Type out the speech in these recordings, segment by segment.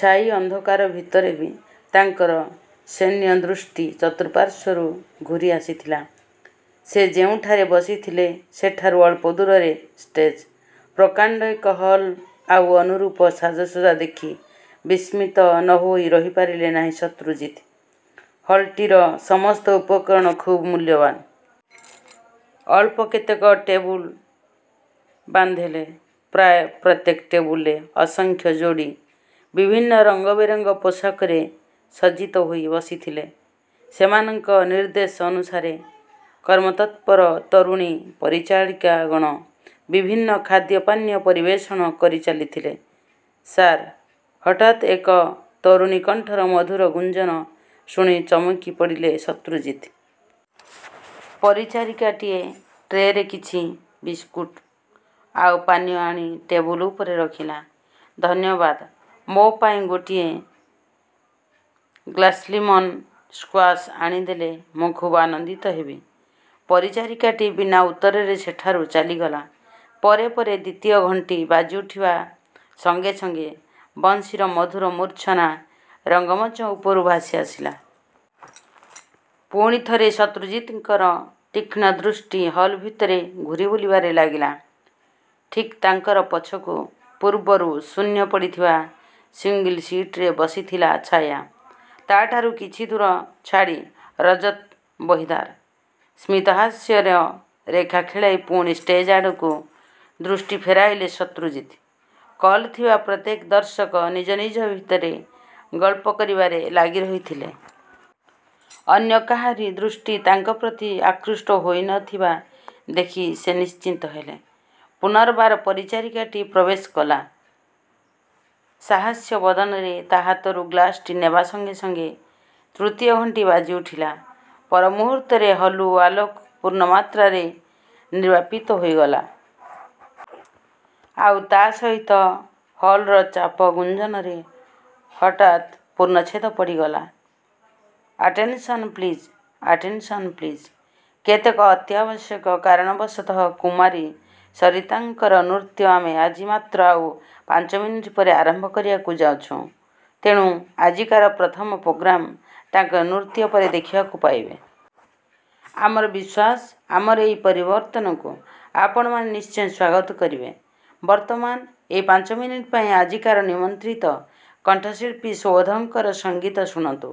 ଛାଇ ଅନ୍ଧକାର ଭିତରେ ବି ତାଙ୍କର ଶ୍ୟେନ ଦୃଷ୍ଟି ଚତୁଃପାର୍ଶରୁ ଘୁରିଆସିଥିଲା। ସେ ଯେଉଁଠାରେ ବସିଥିଲେ ସେଠାରୁ ଅଳ୍ପଦୂରରେ ଷ୍ଟେଜ୍। ପ୍ରକାଣ୍ତ ଏକ ହଲ ଆଉ ଅନୁରୁପ ସାଜସଜ୍ଜା ଦେଖି ବିସ୍ମିତ ନ ହୋଇ ରହିପାରିଲେ ନାହିଁ ଶତ୍ରୁଜିତ। ହଲ୍ଟିର ସମସ୍ତ ଉପକରଣ ଖୁବ୍ ମୂଲ୍ୟବାନ୍। ଅଳ୍ପ କେତେକ ଟେବୁଲ ବାନ୍ଧିଲେ, ପ୍ରାୟ ପ୍ରତ୍ୟେକ ଟେବୁଲରେ ଅସଂଖ୍ୟ ଯୋଡ଼ି ବିଭିନ୍ନ ରଙ୍ଗବେରଙ୍ଗ ପୋଷାକରେ ସଜ୍ଜିତ ହୋଇ ବସିଥିଲେ। ସେମାନଙ୍କ ନିର୍ଦ୍ଦେଶ ଅନୁସାରେ କର୍ମତତ୍ପର ତରୁଣୀ ପରିଚାରିକାଗଣ ବିଭିନ୍ନ ଖାଦ୍ୟପାନୀୟ ପରିବେଷଣ କରିଚାଲିଥିଲେ। ସାର୍! ହଠାତ୍ ଏକ ତରୁଣୀକଣ୍ଠର ମଧୁର ଗୁଞ୍ଜନ ଶୁଣି ଚମକିଉଠିଲେ ଶତ୍ରୁଜିତ୍। ପରିଚାରିକାଟିଏ ଟ୍ରେରେ କିଛି ବିସକୁଟ ଆଉ ପାନୀୟ ଆଣି ଟେବୁଲ ଉପରେ ରଖିଲା। ଧନ୍ୟବାଦ! ମୋ ପାଇଁ ଗୋଟିଏ ଗ୍ଲାସ୍ଲିମନ ସ୍କ୍ୱାସ ଆଣି ଦେଲେ ମୁଁ ଖୁବ୍ ଆନନ୍ଦିତ ହେବି। ପରିଚାରିକାଟି ବିନା ଉତ୍ତରରେ ସେଠାରୁ ଚାଲିଗଲା। ପରେ ପରେ ଦ୍ୱିତୀୟ ଘଣ୍ଟି ବାଜିଉଠିବା ସଙ୍ଗେ ସଙ୍ଗେ ବଂଶୀର ମଧୁର ମୂର୍ଚ୍ଛନା ରଙ୍ଗମଞ୍ଚ ଉପରୁ ଭାସିଆସିଲା। ପୁଣିଥରେ ଶତ୍ରୁଜିତଙ୍କର ତୀକ୍ଷ୍ଣ ଦୃଷ୍ଟି ହଲ୍ ଭିତରେ ଘୁରିବୁଲିବାରେ ଲାଗିଲା। ଠିକ୍ ତାଙ୍କର ପଛକୁ ପୂର୍ବରୁ ଶୂନ୍ୟ ପଡ଼ିଥିବା ସିଙ୍ଗଲ ସିଟରେ ବସିଥିଲା ଛାୟା। ତା'ଠାରୁ କିଛିଦୂର ଛାଡ଼ି ରଜତ ବହିଦାର। ସ୍ମିତହାସ୍ୟର ରେଖା ଖେଳାଇ ପୁଣି ଷ୍ଟେଜ୍ଆଡ଼କୁ ଦୃଷ୍ଟି ଫେରାଇଲେ ଶତ୍ରୁଜିତ୍। କଲ୍ ଥିବା ପ୍ରତ୍ୟେକ ଦର୍ଶକ ନିଜ ନିଜ ଭିତରେ ଗଳ୍ପ କରିବାରେ ଲାଗିରହିଥିଲେ। ଅନ୍ୟ କାହାରି ଦୃଷ୍ଟି ତାଙ୍କ ପ୍ରତି ଆକୃଷ୍ଟ ହୋଇ ନ ଥିବା ଦେଖି ସେ ନିଶ୍ଚିନ୍ତ ହେଲେ। ପୂନର୍ବାର ପରିଚାରିକାଟି ପ୍ରବେଶ କଲା। ସାହାସ୍ୟ ବଦନରେ ତା' ହାତରୁ ଗ୍ଲାସଟି ନେବା ସଙ୍ଗେ ସଙ୍ଗେ ତୃତୀୟ ଘଣ୍ଟି ବାଜିଉଠିଲା। ପରମୁହୂର୍ତ୍ତରେ ହଲ୍ରୁ ଆଲୋକ ପୂର୍ଣ୍ଣମାତ୍ରାରେ ନିର୍ବାପିତ ହୋଇଗଲା। ଆଉ ତା' ସହିତ ହଲ୍ର ଚାପ ଗୁଞ୍ଜନରେ ହଠାତ୍ ପୂର୍ଣ୍ଣଛେଦ ପଡ଼ିଗଲା। Attention please, attention please! କେତେକ ଅତ୍ୟାବଶ୍ୟକ କାରଣବଶତଃ କୁମାରୀ ସରିତାଙ୍କର ନୃତ୍ୟ ଆମେ ଆଜି ମାତ୍ର ଆଉ ପାଞ୍ଚମିନିଟ୍ ପରେ ଆରମ୍ଭ କରିବାକୁ ଯାଉଛୁଁ। ତେଣୁ ଆଜିକାର ପ୍ରଥମ ପ୍ରୋଗ୍ରାମ ତାଙ୍କ ନୃତ୍ୟ ପରେ ଦେଖିବାକୁ ପାଇବେ। ଆମର ବିଶ୍ୱାସ ଆମର ଏଇ ପରିବର୍ତ୍ତନକୁ ଆପଣମାନେ ନିଶ୍ଚୟ ସ୍ୱାଗତ କରିବେ। ବର୍ତ୍ତମାନ ଏଇ ପାଞ୍ଚମିନିଟ୍ ପାଇଁ ଆଜିକାର ନିମନ୍ତ୍ରିତ କଣ୍ଠଶିଳ୍ପୀ ସୁବୋଧଙ୍କର ସଙ୍ଗୀତ ଶୁଣନ୍ତୁ।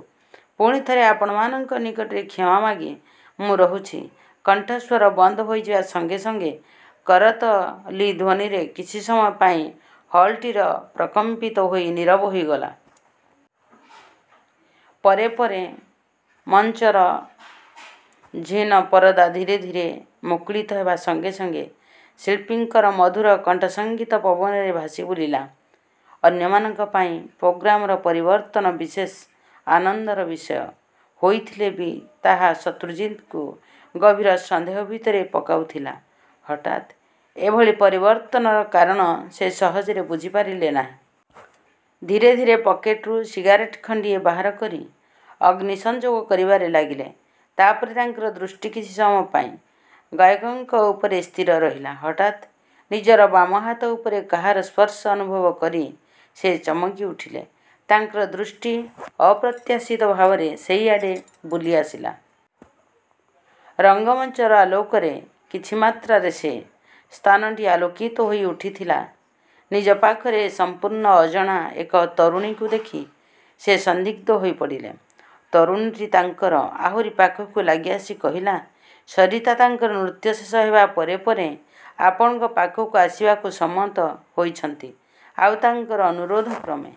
ପୁଣି ଥରେ ଆପଣମାନଙ୍କ ନିକଟରେ କ୍ଷମା ମାଗି ମୁଁ ରହୁଛି। କଣ୍ଠସ୍ୱର ବନ୍ଦ ହୋଇଯିବା ସଙ୍ଗେ ସଙ୍ଗେ କରତ ଲିଧ୍ୱନିରେ କିଛି ସମୟ ପାଇଁ ହଲ୍ଘରଟି ପ୍ରକମ୍ପିତ ହୋଇ ନୀରବ ହୋଇଗଲା। ପରେ ପରେ ମଞ୍ଚର ଝିନ ପରଦା ଧୀରେ ଧୀରେ ମୁକୁଳିତ ହେବା ସଙ୍ଗେ ସଙ୍ଗେ ଶିଳ୍ପୀଙ୍କର ମଧୁର କଣ୍ଠସଙ୍ଗୀତ ପବନରେ ଭାସିବୁଲିଲା। ଅନ୍ୟମାନଙ୍କ ପାଇଁ ପ୍ରୋଗ୍ରାମର ପରିବର୍ତ୍ତନ ବିଶେଷ ଆନନ୍ଦର ବିଷୟ ହୋଇଥିଲେ ବି ତାହା ଶତ୍ରୁଜିତଙ୍କୁ ଗଭୀର ସନ୍ଦେହ ଭିତରେ ପକାଉଥିଲା। ହଠାତ୍ ଏଭଳି ପରିବର୍ତ୍ତନର କାରଣ ସେ ସହଜରେ ବୁଝିପାରିଲେ ନାହିଁ। ଧୀରେ ଧୀରେ ପକେଟରୁ ସିଗାରେଟ୍ ଖଣ୍ତିଏ ବାହାର କରି ଅଗ୍ନିସଂଯୋଗ କରିବାରେ ଲାଗିଲେ। ତା'ପରେ ତାଙ୍କର ଦୃଷ୍ଟି କିଛି ସମୟ ପାଇଁ ଗାୟକଙ୍କ ଉପରେ ସ୍ଥିର ରହିଲା। ହଠାତ୍ ନିଜର ବାମ ହାତ ଉପରେ କାହାର ସ୍ପର୍ଶ ଅନୁଭବ କରି ସେ ଚମକି ଉଠିଲେ। ତାଙ୍କର ଦୃଷ୍ଟି ଅପ୍ରତ୍ୟାଶିତ ଭାବରେ ସେଇଆଡ଼େ ବୁଲିଆସିଲା। ରଙ୍ଗମଞ୍ଚର ଆଲୋକରେ କିଛିମାତ୍ରାରେ ସେ ସ୍ଥାନଟି ଆଲୋକିତ ହୋଇଉଠିଥିଲା। ନିଜ ପାଖରେ ସଂପୂର୍ଣ୍ଣ ଅଜଣା ଏକ ତରୁଣୀକୁ ଦେଖି ସେ ସନ୍ଦିଗ୍ଧ ହୋଇପଡ଼ିଲେ। ତରୁଣୀଟି ତାଙ୍କର ଆହୁରି ପାଖକୁ ଲାଗିଆସି କହିଲା,"ସରିତା ତାଙ୍କର ନୃତ୍ୟ ଶେଷ ହେବା ପରେ ପରେ ଆପଣଙ୍କ ପାଖକୁ ଆସିବାକୁ ସମ୍ମତ ହୋଇଛନ୍ତି। ଆଉ ତାଙ୍କର ଅନୁରୋଧକ୍ରମେ‌‌‌__